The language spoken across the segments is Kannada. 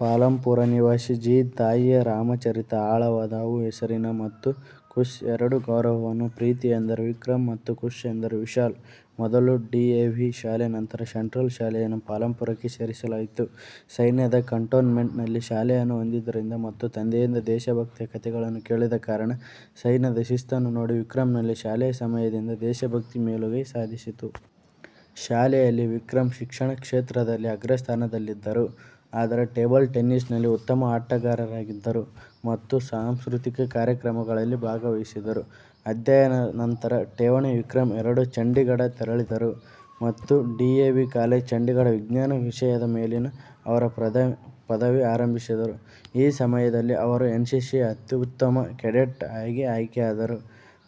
ಪಾಲಂಪುರ ನಿವಾಸಿ ಜಿ. ತಾಯಿಯ ರಾಮಚರಿತ ಆಳವಾದ ಅವು ಹೆಸರಿನ ಮತ್ತು ಕುಶ್ ಎರಡೂ ಗೌರವವನ್ನು. ಪ್ರೀತಿ ಎಂದರೆ ವಿಕ್ರಮ್ ಮತ್ತು ಕುಶ್ ಎಂದರೆ ವಿಶಾಲ್. ಮೊದಲು ಡಿಎವಿ ಶಾಲೆ, ನಂತರ ಸೆಂಟ್ರಲ್ ಶಾಲೆಯನ್ನು ಪಾಲಂಪುರಕ್ಕೆ ಸೇರಿಸಲಾಯಿತು. ಸೈನ್ಯದ ಕಂಟೋನ್ಮೆಂಟ್ನಲ್ಲಿ ಶಾಲೆಯನ್ನು ಹೊಂದಿದ್ದರಿಂದ ಮತ್ತು ತಂದೆಯಿಂದ ದೇಶಭಕ್ತಿಯ ಕಥೆಗಳನ್ನು ಕೇಳಿದ ಕಾರಣ ಸೈನ್ಯದ ಶಿಸ್ತನ್ನು ನೋಡಿ, ವಿಕ್ರಮ್ನಲ್ಲಿ ಶಾಲೆಯ ಸಮಯದಿಂದ ದೇಶಭಕ್ತಿ ಮೇಲುಗೈ ಸಾಧಿಸಿತು. ಶಾಲೆಯಲ್ಲಿ, ವಿಕ್ರಮ್ ಶಿಕ್ಷಣ ಕ್ಷೇತ್ರದಲ್ಲಿ ಅಗ್ರಸ್ಥಾನದಲ್ಲಿದ್ದರು, ಆದರೆ ಟೇಬಲ್ ಟೆನಿಸ್ನಲ್ಲಿ ಉತ್ತಮ ಆಟಗಾರರಾಗಿದ್ದರು ಮತ್ತು ಸಾಂಸ್ಕೃತಿಕ ಕಾರ್ಯಕ್ರಮಗಳಲ್ಲಿ ಭಾಗವಹಿಸಿದರು. ಅಧ್ಯಯನ ನಂತರ ಠೇವಣಿ ವಿಕ್ರಮ್ ಎರಡು ಚಂಡೀಘಢ ತೆರಳಿದರು ಮತ್ತು ಡಿಎವಿ ಕಾಲೇಜ್, ಚಂಡೀಘಢ ವಿಜ್ಞಾನದ ವಿಷಯದ ಮೇಲಿನ ಅವರ ಪದವಿ ಆರಂಭಿಸಿದರು. ಈ ಸಮಯದಲ್ಲಿ ಅವರು ಎನ್ಸಿಸಿಯ ಅತ್ಯುತ್ತಮ ಕೆಡೆಟ್ ಆಗಿ ಆಯ್ಕೆಯಾದರು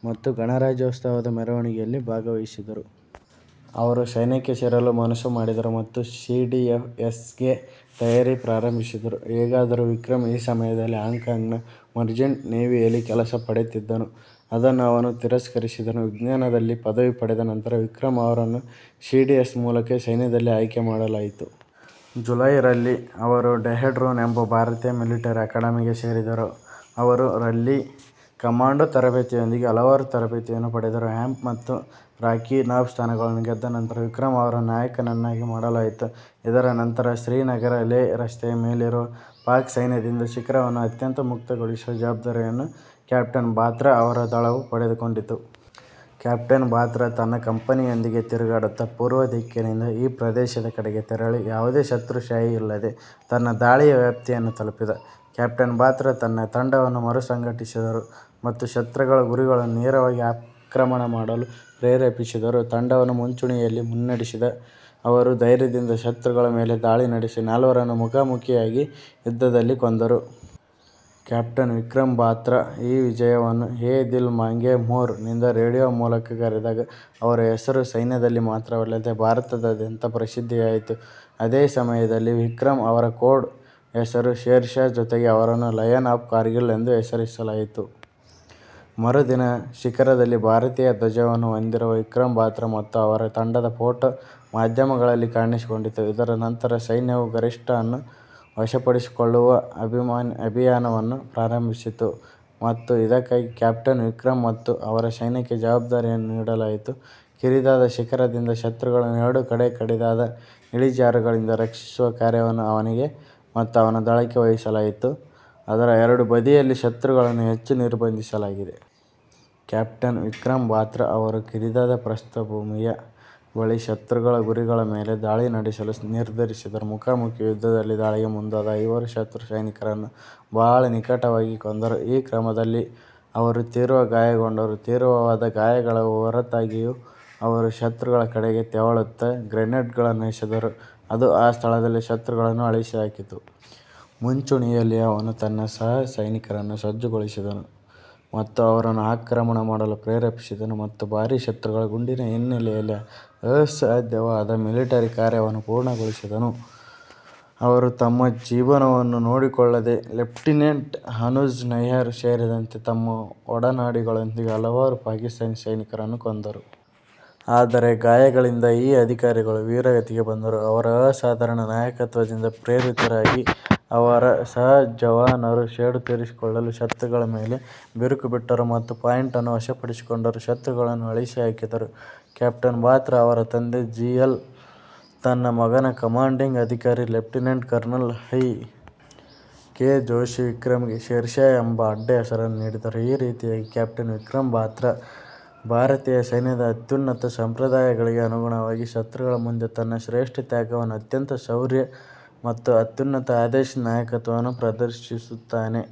ಮತ್ತು ಗಣರಾಜ್ಯೋತ್ಸವದ ಮೆರವಣಿಗೆಯಲ್ಲಿ ಭಾಗವಹಿಸಿದರು. ಅವರು ಸೈನ್ಯಕ್ಕೆ ಸೇರಲು ಮನಸ್ಸು ಮಾಡಿದರು ಮತ್ತು ಸಿಡಿಎಸ್ ಗೆ ತಯಾರಿ ಪ್ರಾರಂಭಿಸಿದರು. ಹೇಗಾದರೂ, ವಿಕ್ರಮ್ ಈ ಸಮಯದಲ್ಲಿ ಹಾಂಗ್ ಕಾಂಗ್ನ ಮರ್ಚೆಂಟ್ ನೇವಿಯಲ್ಲಿ ಕೆಲಸ ಪಡೆಯುತ್ತಿದ್ದನು, ಅದನ್ನು ಅವನು ತಿರಸ್ಕರಿಸಿದನು. ವಿಜ್ಞಾನದಲ್ಲಿ ಪದವಿ ಪಡೆದ ನಂತರ ವಿಕ್ರಮ್ ಅವರನ್ನು ಸಿಡಿಎಸ್ ಮೂಲಕ ಸೈನ್ಯದಲ್ಲಿ ಆಯ್ಕೆ ಮಾಡಲಾಯಿತು. ಜುಲೈ ರಲ್ಲಿ, ಅವರು ಡೆಹ್ರಾಡೂನ್ ಎಂಬ ಭಾರತೀಯ ಮಿಲಿಟರಿ ಅಕಾಡೆಮಿಗೆ ಸೇರಿದರು. ಅವರು ರಲ್ಲಿ ಕಮಾಂಡೋ ತರಬೇತಿಯೊಂದಿಗೆ ಹಲವಾರು ತರಬೇತಿಯನ್ನು ಪಡೆದರು. ಹ್ಯಾಂಪ್ ಮತ್ತು ರಾಕಿ ನಾಬ್ ಸ್ಥಾನಗಳನ್ನು ಗೆದ್ದ ನಂತರ ವಿಕ್ರಮ್ ಅವರನ್ನು ನಾಯಕನನ್ನಾಗಿ ಮಾಡಲಾಯಿತು. ಇದರ ನಂತರ, ಶ್ರೀನಗರ-ಲೇಹ್ ರಸ್ತೆಯ ಮೇಲಿರುವ ಪಾಕ್ ಸೈನ್ಯದಿಂದ ಶಿಖರವನ್ನು ಅತ್ಯಂತ ಮುಕ್ತಗೊಳಿಸುವ ಜವಾಬ್ದಾರಿಯನ್ನು ಕ್ಯಾಪ್ಟನ್ ಬಾತ್ರಾ ಅವರ ದಳವು ಪಡೆದುಕೊಂಡಿತು. ಕ್ಯಾಪ್ಟನ್ ಬಾತ್ರಾ ತನ್ನ ಕಂಪನಿಯೊಂದಿಗೆ ತಿರುಗಾಡುತ್ತಾ ಪೂರ್ವ ದಿಕ್ಕಿನಿಂದ ಈ ಪ್ರದೇಶದ ಕಡೆಗೆ ತೆರಳಿ ಯಾವುದೇ ಶತ್ರು ಶಾಯಿ ಇಲ್ಲದೆ ತನ್ನ ದಾಳಿಯ ವ್ಯಾಪ್ತಿಯನ್ನು ತಲುಪಿದ. ಕ್ಯಾಪ್ಟನ್ ಬಾತ್ರಾ ತನ್ನ ತಂಡವನ್ನು ಮರುಸಂಘಟಿಸಿದರು ಮತ್ತು ಶತ್ರುಗಳ ಗುರಿಗಳನ್ನು ನೇರವಾಗಿ ಆಕ್ರಮಣ ಮಾಡಲು ಪ್ರೇರೇಪಿಸಿದರು. ತಂಡವನ್ನು ಮುಂಚೂಣಿಯಲ್ಲಿ ಮುನ್ನಡೆಸಿದ ಅವರು ಧೈರ್ಯದಿಂದ ಶತ್ರುಗಳ ಮೇಲೆ ದಾಳಿ ನಡೆಸಿ ನಾಲ್ವರನ್ನು ಮುಖಾಮುಖಿ ಯುದ್ಧದಲ್ಲಿ ಕೊಂದರು. ಕ್ಯಾಪ್ಟನ್ ವಿಕ್ರಮ್ ಬಾತ್ರಾ ಈ ವಿಜಯವನ್ನು 'ಯೆ ದಿಲ್ ಮಾಂಗೆ ಮೋರ್' ನಿಂದ ರೇಡಿಯೊ ಮೂಲಕ ಕರೆದಾಗ, ಅವರ ಹೆಸರು ಸೈನ್ಯದಲ್ಲಿ ಮಾತ್ರವಲ್ಲದೆ ಭಾರತದಾದ್ಯಂತ ಪ್ರಸಿದ್ಧವಾಯಿತು. ಅದೇ ಸಮಯದಲ್ಲಿ, ವಿಕ್ರಮ್ ಅವರ ಕೋಡ್ ಹೆಸರು ಶೇರ್ ಷಾ ಜೊತೆಗೆ, ಅವರನ್ನು 'ಲಯನ್ ಆಫ್ ಕಾರ್ಗಿಲ್' ಎಂದು ಹೆಸರಿಸಲಾಯಿತು. ಮರುದಿನ, ರ ಶಿಖರದಲ್ಲಿ ಭಾರತೀಯ ಧ್ವಜವನ್ನು ಹೊಂದಿರುವ ವಿಕ್ರಮ್ ಬಾತ್ರಾ ಮತ್ತು ಅವರ ತಂಡದ ಫೋಟೋ ಮಾಧ್ಯಮಗಳಲ್ಲಿ ಕಾಣಿಸಿಕೊಂಡಿತು. ಇದರ ನಂತರ, ಸೈನ್ಯವು ಗರಿಷ್ಠ ಅನ್ನು ವಶಪಡಿಸಿಕೊಳ್ಳುವ ಅಭಿಯಾನವನ್ನು ಪ್ರಾರಂಭಿಸಿತು ಮತ್ತು ಇದಕ್ಕಾಗಿ ಕ್ಯಾಪ್ಟನ್ ವಿಕ್ರಮ್ ಮತ್ತು ಅವನ ಸೈನ್ಯಕ್ಕೆ ಜವಾಬ್ದಾರಿಯನ್ನು ನೀಡಲಾಯಿತು. ಕಿರಿದಾದ ಶಿಖರದಿಂದ ಶತ್ರುಗಳನ್ನು ಎರಡೂ ಕಡೆ ಕಡಿದಾದ ಇಳಿಜಾರುಗಳಿಂದ ರಕ್ಷಿಸುವ ಕಾರ್ಯವನ್ನು ಅವನಿಗೆ ಮತ್ತು ಅವನ ದಳಕ್ಕೆ ವಹಿಸಲಾಗಿತ್ತು, ಅದರ ಎರಡೂ ಬದಿಯಲ್ಲಿ ಶತ್ರುಗಳನ್ನು ಹೆಚ್ಚು ನಿರ್ಬಂಧಿಸಲಾಗಿದೆ. ಕ್ಯಾಪ್ಟನ್ ವಿಕ್ರಮ್ ಬಾತ್ರಾ ಅವರು ಕಿರಿದಾದ ಪ್ರಸ್ಥಭೂಮಿಯ ಬಳಿ ಶತ್ರುಗಳ ಗುರಿಗಳ ಮೇಲೆ ದಾಳಿ ನಡೆಸಲು ನಿರ್ಧರಿಸಿದರು. ಮುಖಾಮುಖಿ ಯುದ್ಧದಲ್ಲಿ ದಾಳಿಗೆ ಮುಂದಾದ ಐವರು ಶತ್ರು ಸೈನಿಕರನ್ನು ಬಹಳ ನಿಕಟವಾಗಿ ಕೊಂದರು. ಈ ಕ್ರಮದಲ್ಲಿ ಅವರು ತೀವ್ರ ಗಾಯಗೊಂಡರು. ತೀವ್ರವಾದ ಗಾಯಗಳ ಹೊರತಾಗಿಯೂ, ಅವರು ಶತ್ರುಗಳ ಕಡೆಗೆ ತೆವಳುತ್ತಾ ಗ್ರೆನೇಡ್ಗಳನ್ನು ಎಸೆದರು, ಅದು ಆ ಸ್ಥಳದಲ್ಲಿ ಶತ್ರುಗಳನ್ನು ಅಳಿಸಿಹಾಕಿತು. ಮುಂಚೂಣಿಯಲ್ಲಿ, ಅವನು ತನ್ನ ಸಹ ಸೈನಿಕರನ್ನು ಸಜ್ಜುಗೊಳಿಸಿದನು ಮತ್ತು ಅವರನ್ನು ಆಕ್ರಮಣ ಮಾಡಲು ಪ್ರೇರೇಪಿಸಿದನು ಮತ್ತು ಭಾರೀ ಶತ್ರುಗಳ ಗುಂಡಿನ ಹಿನ್ನೆಲೆಯಲ್ಲಿ ಅಸಾಧ್ಯವಾದ ಮಿಲಿಟರಿ ಕಾರ್ಯವನ್ನು ಪೂರ್ಣಗೊಳಿಸಿದನು. ಅವರು, ತಮ್ಮ ಜೀವನವನ್ನು ನೋಡಿಕೊಳ್ಳದೆ ಲೆಫ್ಟಿನೆಂಟ್ ಅನುಜ್ ನಯ್ಯರ್ ಸೇರಿದಂತೆ ತಮ್ಮ ಒಡನಾಡಿಗಳೊಂದಿಗೆ ಹಲವಾರು ಪಾಕಿಸ್ತಾನಿ ಸೈನಿಕರನ್ನು ಕೊಂದರು. ಆದರೆ ಗಾಯಗಳಿಂದಾಗಿ ಈ ಅಧಿಕಾರಿಗಳು ವೀರಗತಿಗೆ ಬಂದರು. ಅವರ ಅಸಾಧಾರಣ ನಾಯಕತ್ವದಿಂದ ಪ್ರೇರಿತರಾಗಿ, ಅವರ ಸಹ ಜವಾನರು ಸೇಡು ತೀರಿಸಿಕೊಳ್ಳಲು ಶತ್ರುಗಳ ಮೇಲೆ ಬಿರುಕು ಬಿಟ್ಟರು ಮತ್ತು ಪಾಯಿಂಟ್ ಅನ್ನು ವಶಪಡಿಸಿಕೊಂಡರು, ಶತ್ರುಗಳನ್ನು ಅಳಿಸಿಹಾಕಿದರು. ಕ್ಯಾಪ್ಟನ್ ಬಾತ್ರಾ ಅವರ ತಂದೆ ಜಿ. ಎಲ್. ತನ್ನ ಮಗನ ಕಮಾಂಡಿಂಗ್ ಅಧಿಕಾರಿ lieutenant colonel Y. K. Joshi ವಿಕ್ರಮ್ಗೆ ಶೇರ್ ಷಾ ಎಂಬ ಅಡ್ಡಹೆಸರನ್ನು ನೀಡಿದರು. ಈ ರೀತಿಯಾಗಿ, ಕ್ಯಾಪ್ಟನ್ ವಿಕ್ರಮ್ ಬಾತ್ರಾ ಭಾರತೀಯ ಸೈನ್ಯದ ಅತ್ಯುನ್ನತ ಸಂಪ್ರದಾಯಗಳಿಗೆ ಅನುಗುಣವಾಗಿ, ಶತ್ರುಗಳ ಮುಂದೆ, ತನ್ನ ಶ್ರೇಷ್ಠ ತ್ಯಾಗವನ್ನು ಅತ್ಯಂತ ಶೌರ್ಯ ಮತ್ತು ಅತ್ಯುನ್ನತ ಆದೇಶದ ನಾಯಕತ್ವವನ್ನು ಪ್ರದರ್ಶಿಸುತ್ತಾನೆ.